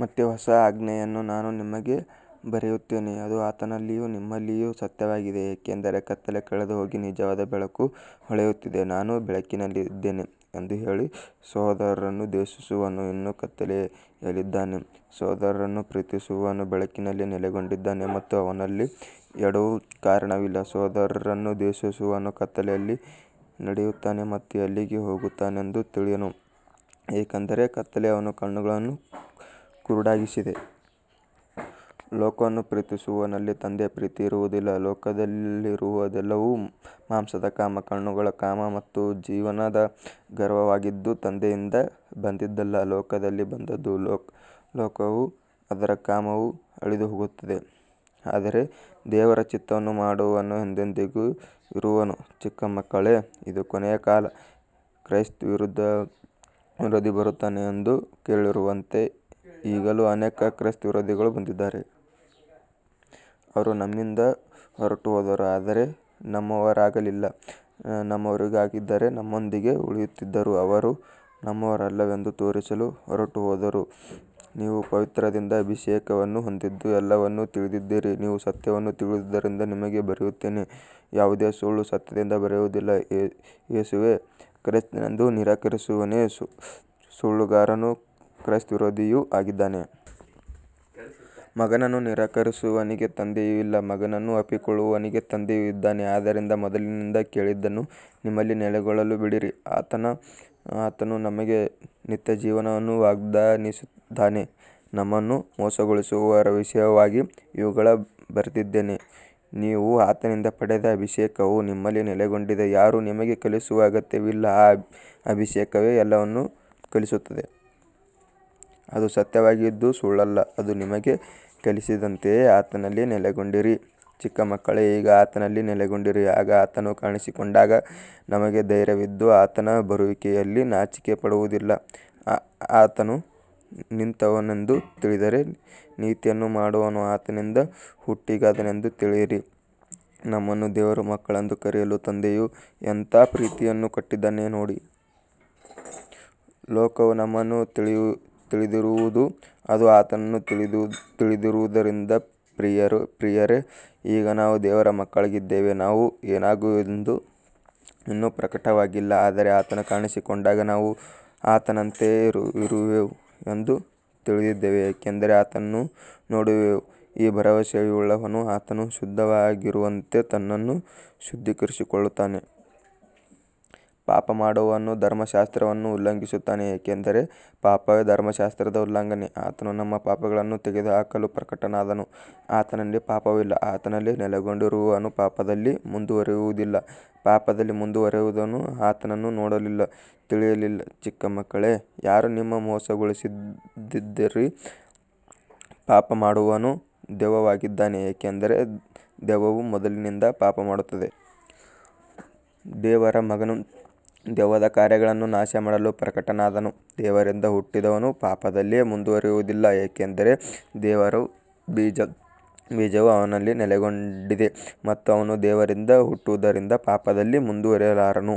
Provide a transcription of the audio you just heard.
ಮತ್ತೆ ಹೊಸ ಆಜ್ಞೆಯನ್ನು ನಾನು ನಿಮಗೆ ಬರೆಯುತ್ತೇನೆ, ಅದು ಆತನಲ್ಲಿಯೂ ನಿಮ್ಮಲ್ಲಿಯೂ ಸತ್ಯವಾಗಿದೆ, ಏಕೆಂದರೆ ಕತ್ತಲೆ ಕಳೆದುಹೋಗಿ ನಿಜವಾದ ಬೆಳಕು ಹೊಳೆಯುತ್ತಿದೆ. ತಾನು ಬೆಳಕಿನಲ್ಲಿದ್ದೇನೆ ಎಂದು ಹೇಳಿ ಸಹೋದರನನ್ನು ದ್ವೇಷಿಸುವವನು ಇನ್ನೂ ಕತ್ತಲೆಯಲ್ಲಿದ್ದಾನೆ. ಸಹೋದರನನ್ನು ಪ್ರೀತಿಸುವವನು ಬೆಳಕಿನಲ್ಲಿ ನೆಲೆಗೊಂಡಿದ್ದಾನೆ ಮತ್ತು ಅವನಲ್ಲಿ ಎಡವುವ ಕಾರಣವಿಲ್ಲ. ಸಹೋದರನನ್ನು ದ್ವೇಷಿಸುವವನು ಕತ್ತಲೆಯಲ್ಲಿ ನಡೆಯುತ್ತಾನೆ ಮತ್ತು ಎಲ್ಲಿಗೆ ಹೋಗುತ್ತಾನೆಂದು ತಿಳಿಯನು, ಏಕೆಂದರೆ ಕತ್ತಲೆ ಅವನ ಕಣ್ಣುಗಳನ್ನು ಕುರುಡಾಗಿಸಿದೆ. ಲೋಕವನ್ನು ಪ್ರೀತಿಸುವವನಲ್ಲಿ ತಂದೆಯ ಪ್ರೀತಿ ಇರುವುದಿಲ್ಲ. ಲೋಕದಲ್ಲಿರುವುದೆಲ್ಲವೂ ಮಾಂಸದ ಕಾಮ, ಕಣ್ಣುಗಳ ಕಾಮ ಮತ್ತು ಜೀವದ ಗರ್ವವಾಗಿದ್ದು ತಂದೆಯಿಂದ ಬಂದದ್ದಲ್ಲ, ಲೋಕದಿಂದ ಬಂದದ್ದು. ಲೋಕವೂ ಅದರ ಕಾಮವೂ ಅಳಿದುಹೋಗುತ್ತವೆ, ಆದರೆ ದೇವರ ಚಿತ್ತವನ್ನು ಮಾಡುವವನು ಎಂದೆಂದಿಗೂ ಇರುವನು. ಚಿಕ್ಕ ಮಕ್ಕಳೇ, ಇದು ಕೊನೆಯ ಕಾಲ. ಕ್ರಿಸ್ತವಿರೋಧಿ ಬರುತ್ತಾನೆ ಎಂದು ಕೇಳಿರುವಂತೆ ಈಗಲೂ ಅನೇಕ ಕ್ರಿಸ್ತವಿರೋಧಿಗಳು ಬಂದಿದ್ದಾರೆ. ಅವರು ನಮ್ಮಿಂದ ಹೊರಟುಹೋದರು, ಆದರೆ ನಮ್ಮವರಾಗಿರಲಿಲ್ಲ. ನಮ್ಮವರಾಗಿದ್ದರೆ ನಮ್ಮೊಂದಿಗೆ ಉಳಿಯುತ್ತಿದ್ದರು. ಅವರು ನಮ್ಮವರಲ್ಲವೆಂದು ತೋರಿಸಲು ಹೊರಟುಹೋದರು. ನೀವು ಪವಿತ್ರನಿಂದ ಅಭಿಷೇಕವನ್ನು ಹೊಂದಿದ್ದು ಎಲ್ಲವನ್ನೂ ತಿಳಿದಿದ್ದೀರಿ. ನೀವು ಸತ್ಯವನ್ನು ತಿಳಿದಿರುವುದರಿಂದ ನಿಮಗೆ ಬರೆಯುತ್ತೇನೆ, ಯಾವುದೇ ಸುಳ್ಳು ಸತ್ಯದಿಂದ ಬರುವುದಿಲ್ಲ. ಯೇಸುವೇ ಕ್ರಿಸ್ತನೆಂದು ನಿರಾಕರಿಸುವವನೇ ಸುಳ್ಳುಗಾರನೂ ಕ್ರಿಸ್ತವಿರೋಧಿಯೂ ಆಗಿದ್ದಾನೆ. ಮಗನನ್ನು ನಿರಾಕರಿಸುವವನಿಗೆ ತಂದೆಯೂ ಇಲ್ಲ, ಮಗನನ್ನು ಒಪ್ಪಿಕೊಳ್ಳುವವನಿಗೆ ತಂದೆಯೂ ಇದ್ದಾನೆ. ಆದ್ದರಿಂದ ಮೊದಲಿನಿಂದ ಕೇಳಿದ್ದನ್ನು ನಿಮ್ಮಲ್ಲಿ ನೆಲೆಗೊಳ್ಳಲು ಬಿಡಿರಿ. ಆತನು ನಮಗೆ ನಿತ್ಯಜೀವವನ್ನು ವಾಗ್ದಾನಿಸಿದ್ದಾನೆ. ನಿಮ್ಮನ್ನು ಮೋಸಗೊಳಿಸುವವರ ವಿಷಯವಾಗಿ ಇವುಗಳನ್ನು ಬರೆದಿದ್ದೇನೆ. ನೀವು ಆತನಿಂದ ಪಡೆದ ಅಭಿಷೇಕವು ನಿಮ್ಮಲ್ಲಿ ನೆಲೆಗೊಂಡಿದೆ. ಯಾರೂ ನಿಮಗೆ ಕಲಿಸುವ ಅಗತ್ಯವಿಲ್ಲ, ಆ ಅಭಿಷೇಕವೇ ಎಲ್ಲವನ್ನೂ ಕಲಿಸುತ್ತದೆ. ಅದು ಸತ್ಯವಾಗಿದ್ದು ಸುಳ್ಳಲ್ಲ. ಅದು ನಿಮಗೆ ಕಲಿಸಿದಂತೆಯೇ ಆತನಲ್ಲಿ ನೆಲೆಗೊಂಡಿರಿ. ಚಿಕ್ಕ ಮಕ್ಕಳೇ, ಈಗ ಆತನಲ್ಲಿ ನೆಲೆಗೊಂಡಿರಿ, ಆಗ ಆತನು ಕಾಣಿಸಿಕೊಂಡಾಗ ನಮಗೆ ಧೈರ್ಯವಿದ್ದು ಆತನ ಬರುವಿಕೆಯಲ್ಲಿ ನಾಚಿಕೆಪಡುವುದಿಲ್ಲ. ಆತನು ನೀತಿವಂತನೆಂದು ತಿಳಿದರೆ ನೀತಿಯನ್ನು ಮಾಡುವವನು ಆತನಿಂದ ಹುಟ್ಟಿದ್ದಾನೆಂದು ತಿಳಿಯಿರಿ. ನಮ್ಮನ್ನು ದೇವರ ಮಕ್ಕಳೆಂದು ಕರೆಯಲು ತಂದೆಯು ಎಂಥ ಪ್ರೀತಿಯನ್ನು ಕೊಟ್ಟಿದ್ದಾನೆ ನೋಡಿ. ಲೋಕವು ನಮ್ಮನ್ನು ತಿಳಿಯದಿರುವುದು ಅದು ಆತನನ್ನು ತಿಳಿಯದಿರುವುದರಿಂದ. ಪ್ರಿಯರೇ, ಈಗ ನಾವು ದೇವರ ಮಕ್ಕಳಾಗಿದ್ದೇವೆ. ನಾವು ಏನಾಗುವೆವು ಎಂಬುದು ಇನ್ನೂ ಪ್ರಕಟವಾಗಿಲ್ಲ, ಆದರೆ ಆತನು ಕಾಣಿಸಿಕೊಂಡಾಗ ನಾವು ಆತನಂತೆಯೇ ಇರುವೆವು ಎಂದು ತಿಳಿದಿದ್ದೇವೆ, ಏಕೆಂದರೆ ಆತನನ್ನು ನೋಡುವೆವು. ಈ ಭರವಸೆಯುಳ್ಳವನು ಆತನು ಶುದ್ಧನಾಗಿರುವಂತೆ ತನ್ನನ್ನು ಶುದ್ಧೀಕರಿಸಿಕೊಳ್ಳುತ್ತಾನೆ. ಪಾಪ ಮಾಡುವವನು ಧರ್ಮಶಾಸ್ತ್ರವನ್ನು ಉಲ್ಲಂಘಿಸುತ್ತಾನೆ, ಏಕೆಂದರೆ ಪಾಪವೇ ಧರ್ಮಶಾಸ್ತ್ರದ ಉಲ್ಲಂಘನೆ. ಆತನು ನಮ್ಮ ಪಾಪಗಳನ್ನು ತೆಗೆದುಹಾಕಲು ಪ್ರಕಟನಾದನು, ಆತನಲ್ಲಿ ಪಾಪವಿಲ್ಲ. ಆತನಲ್ಲಿ ನೆಲೆಗೊಂಡಿರುವವನು ಪಾಪದಲ್ಲಿ ಮುಂದುವರಿಯುವುದಿಲ್ಲ. ಪಾಪದಲ್ಲಿ ಮುಂದುವರಿಯುವವನು ಆತನನ್ನು ನೋಡಲಿಲ್ಲ, ತಿಳಿಯಲಿಲ್ಲ. ಚಿಕ್ಕ ಮಕ್ಕಳೇ, ಯಾರೂ ನಿಮ್ಮನ್ನು ಮೋಸಗೊಳಿಸದಿರಲಿ. ಪಾಪ ಮಾಡುವವನು ದೆವ್ವದವನಾಗಿದ್ದಾನೆ, ಏಕೆಂದರೆ ದೆವ್ವವು ಮೊದಲಿನಿಂದಲೂ ಪಾಪಮಾಡುತ್ತದೆ. ದೇವರ ಮಗನು ದೆವ್ವದ ಕಾರ್ಯಗಳನ್ನು ನಾಶಮಾಡಲು ಪ್ರಕಟನಾದನು. ದೇವರಿಂದ ಹುಟ್ಟಿದವನು ಪಾಪದಲ್ಲಿ ಮುಂದುವರಿಯುವುದಿಲ್ಲ, ಏಕೆಂದರೆ ದೇವರ ಬೀಜವು ಅವನಲ್ಲಿ ನೆಲೆಗೊಂಡಿದೆ ಮತ್ತು ಅವನು ದೇವರಿಂದ ಹುಟ್ಟಿರುವುದರಿಂದ ಪಾಪದಲ್ಲಿ ಮುಂದುವರಿಯಲಾರನು.